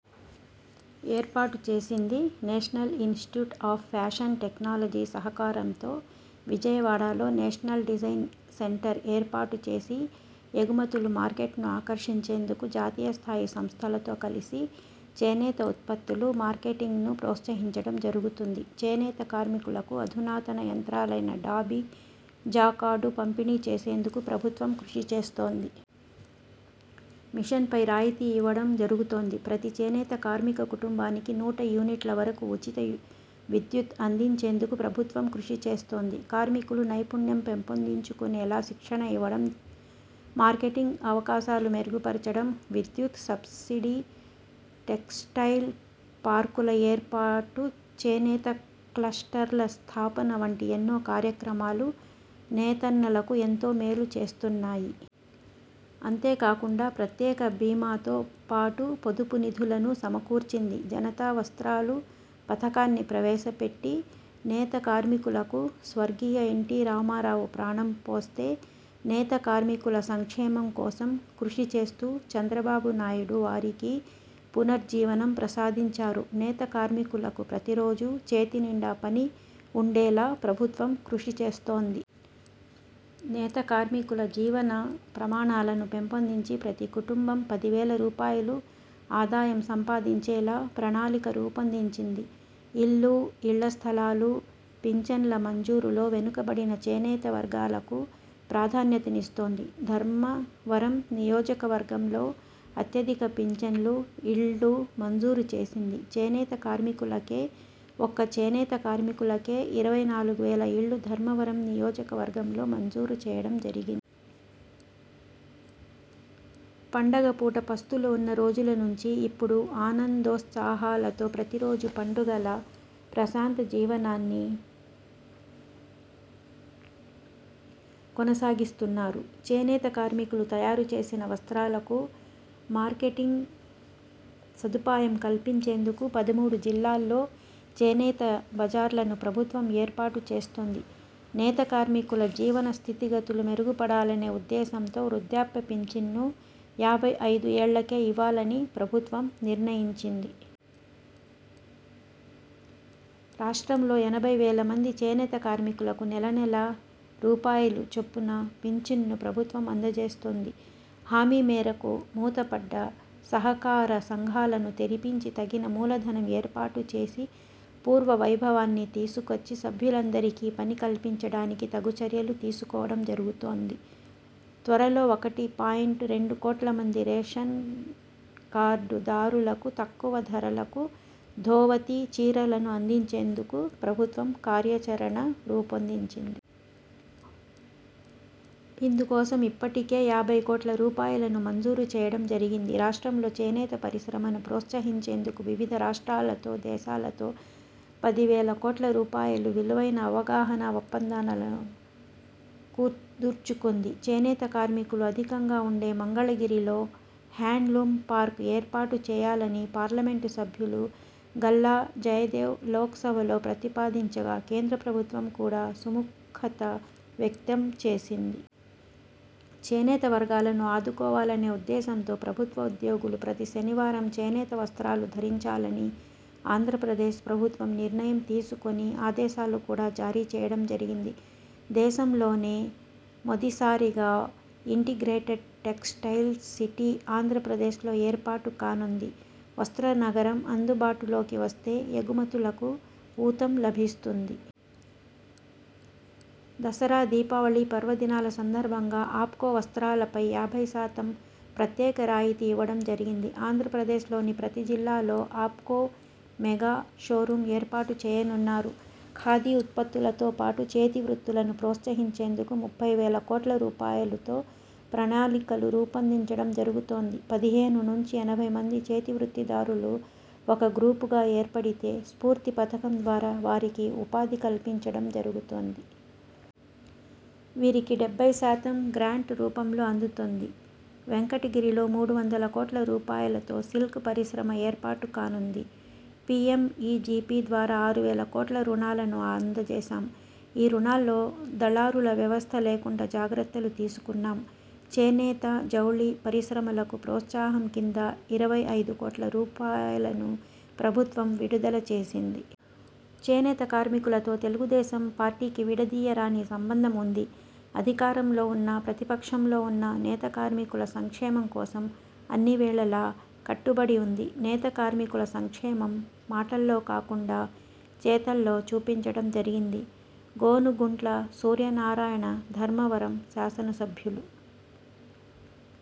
ఏర్పాటు చేసింది. National Institute of Fashion Technology సహకారంతో విజయవాడలో నేషనల్ డిజైన్ సెంటర్ ఏర్పాటు చేసి ఎగుమతులు మార్కెట్ను ఆకర్షించేందుకు జాతీయ స్థాయి సంస్థలతో కలిసి చేనేత ఉత్పత్తులు మార్కెటింగ్ను ప్రోత్సహించడం జరుగుతుంది. చేనేత కార్మికులకు అధునాతన యంత్రాలైన డాబీ, జాకార్డు పంపిణీ చేసేందుకు ప్రభుత్వం కృషిచేస్తోంది. మిషన్పై రాయితీ ఇవ్వడం జరుగుతోంది. ప్రతి చేనేత కార్మిక కుటుంబానికి నూట యూనిట్ల వరకు ఉచిత విద్యుత్ అందించేందుకు ప్రభుత్వం కృషిచేస్తోంది. కార్మికులు నైపుణ్యం పెంపొందించుకునేలా శిక్షణ ఇవ్వడం, మార్కెటింగ్ అవకాశాలు మెరుగుపరచడం, విద్యుత్ సబ్సిడీ, టెక్స్టైల్ పార్కుల ఏర్పాటు, చేనేత క్లస్టర్ల స్థాపన వంటి ఎన్నో కార్యక్రమాలు నేతన్నలకు ఎంతో మేలు చేస్తున్నాయి. అంతేకాకుండా ప్రత్యేక బీమాతో పాటు పొదుపు నిధులను సమకూర్చింది. జనతా వస్త్రాలు పథకాన్ని ప్రవేశపెట్టి నేత కార్మికులకు స్వర్గీయ ఎన్టీ రామారావు ప్రాణం పోస్తే, నేత కార్మికుల సంక్షేమం కోసం కృషి చేస్తూ చంద్రబాబునాయుడు వారికి పునర్జీవనం ప్రసాదించారు. నేత కార్మికులకు ప్రతిరోజు చేతినిండా పని ఉండేలా ప్రభుత్వం కృషి చేస్తోంది. నేత కార్మికుల జీవన ప్రమాణాలను పెంపొందించి ప్రతి కుటుంబం పది వేల రూపాయలు ఆదాయం సంపాదించేలా ప్రణాళిక రూపొందించింది. ఇల్లు, ఇళ్ల స్థలాలు, పింఛన్ల మంజూరులో వెనుకబడిన చేనేత వర్గాలకు ప్రాధాన్యతనిస్తోంది. ధర్మవరం నియోజకవర్గంలో అత్యధిక పింఛన్లు, ఇళ్లు మంజూరు చేసింది చేనేత కార్మికులకే. ఒక్క చేనేత కార్మికులకే ఇరవై నాలుగువేల ఇళ్లు ధర్మవరం నియోజకవర్గంలో మంజూరు చేయడం జరిగింది. పండగపూట పస్తులు ఉన్న రోజుల నుంచి ఇప్పుడు ఆనందోత్సాహాలతో ప్రతిరోజూ పండుగలా ప్రశాంత జీవనాన్ని కొనసాగిస్తున్నారు. చేనేత కార్మికులు తయారుచేసిన వస్త్రాలకు మార్కెటింగ్ సదుపాయం కల్పించేందుకు పదమూడు జిల్లాల్లో చేనేత బజార్లను ప్రభుత్వం ఏర్పాటు చేస్తోంది. నేత కార్మికుల జీవన స్థితిగతులు మెరుగుపడాలనే ఉద్దేశ్యంతో వృద్ధాప్య పింఛన్ను యాభై ఐదు ఏళ్ళకే ఇవ్వాలని ప్రభుత్వం నిర్ణయించింది. రాష్ట్రంలో ఎనభై వేల మంది చేనేత కార్మికులకు నెలనెలా రూపాయలు చొప్పున పింఛన్ను ప్రభుత్వం అందజేస్తుంది. హామీ మేరకు మూతపడ్డ సహకార సంఘాలను తెరిపించి తగిన మూలధనం ఏర్పాటు చేసి పూర్వ వైభవాన్ని తీసుకొచ్చి సభ్యులందరికి పని కల్పించడానికి తగు చర్యలు తీసుకోవడం జరుగుతుంది. త్వరలో ఒకటి పాయింట్ రెండు కోట్ల మంది రేషన్కార్డుదారులకు తక్కువ ధరలకు ధోవతి, చీరలను అందించేందుకు ప్రభుత్వం కార్యాచరణ రూపొందించింది. ఇందుకోసం ఇప్పటికే యాభై కోట్ల రూపాయలును మంజూరు చేయడం జరిగింది. రాష్ట్రంలో చేనేత పరిశ్రమను ప్రోత్సహించేందుకు వివిధ రాష్ట్రాలతో, దేశాలతో పది వేల కోట్ల రూపాయలు విలువైన అవగాహనా ఒప్పందాలను కుదుర్చుకుంది. చేనేత కార్మికులు అధికంగా ఉండే మంగళగిరిలో హ్యాండ్లూమ్ పార్క్ ఏర్పాటు చేయాలని పార్లమెంటు సభ్యులు గల్లా జయదేవ్ లోక్సభలో ప్రతిపాదించగా, కేంద్ర ప్రభుత్వం కూడా సుముఖత వ్యక్తం చేసింది. చేనేత వర్గాలను ఆదుకోవాలనే ఉద్దేశంతో ప్రభుత్వ ఉద్యోగులు ప్రతి శనివారం చేనేత వస్త్రాలు ధరించాలని ఆంధ్రప్రదేశ్ ప్రభుత్వం నిర్ణయం తీసుకుని ఆదేశాలు కూడా జారీ చేయడం జరిగింది. దేశంలోనే మొదిసారిగా ఇంటిగ్రేటెడ్ టెక్స్టైల్ సిటీ ఆంధ్రప్రదేశ్లో ఏర్పాటు కానుంది. వస్త్ర నగరం అందుబాటులోకి వస్తే ఎగుమతులకు ఊతం లభిస్తుంది. దసరా, దీపావళి పర్వదినాల సందర్భంగా ఆప్కో వస్త్రాలపై యాభైశాతం ప్రత్యేక రాయితీ ఇవ్వడం జరిగింది. ఆంధ్రప్రదేశ్లోని ప్రతి జిల్లాలో ఆప్కో మెగా షోరూం ఏర్పాటుచేయనున్నారు. ఖాదీ ఉత్పత్తులతో పాటు చేతివృత్తులను ప్రోత్సహించేందుకు ముప్పై వేల కోట్ల రూపాయలుతో ప్రణాళికలు రూపొందించడం జరుగుతోంది. పదిహేను నుంచి ఎనభై మంది చేతివృత్తి దారులు ఒక గ్రూపుగా ఏర్పడితే స్ఫూర్తి పథకం ద్వారా వారికి ఉపాధి కల్పించడం జరుగుతుంది. వీరికి డెబ్బైశాతం గ్రాంట్ రూపంలో అందుతుంది. వెంకటగిరిలో మూడు వందల కోట్ల రూపాయలుతో సిల్క్ పరిశ్రమ ఏర్పాటుకానుంది. పీఎంఈజీపీ ద్వారా ఆరువేల కోట్ల రుణాలను అందజేశాం. ఈ రుణాల్లో దళారుల వ్యవస్థ లేకుండా జాగ్రత్తలు తీసుకున్నాం. చేనేత, జౌళి పరిశ్రమలకు ప్రోత్సాహం కింద ఇరవై ఐదు కోట్ల రూపాయలును ప్రభుత్వం విడుదల చేసింది. చేనేత కార్మికులతో తెలుగుదేశం పార్టీకి విడదీయరాని సంబంధం ఉంది. అధికారంలో ఉన్నా, ప్రతిపక్షంలో ఉన్నా నేత కార్మికుల సంక్షేమం కోసం అన్ని వేళలా కట్టుబడి ఉంది. నేత కార్మికుల సంక్షేమం మాటల్లో కాకుండా చేతల్లో చూపించడం జరిగింది. గోనుగుంట్ల సూర్యనారాయణధర్మవరం శాసనసభ్యులు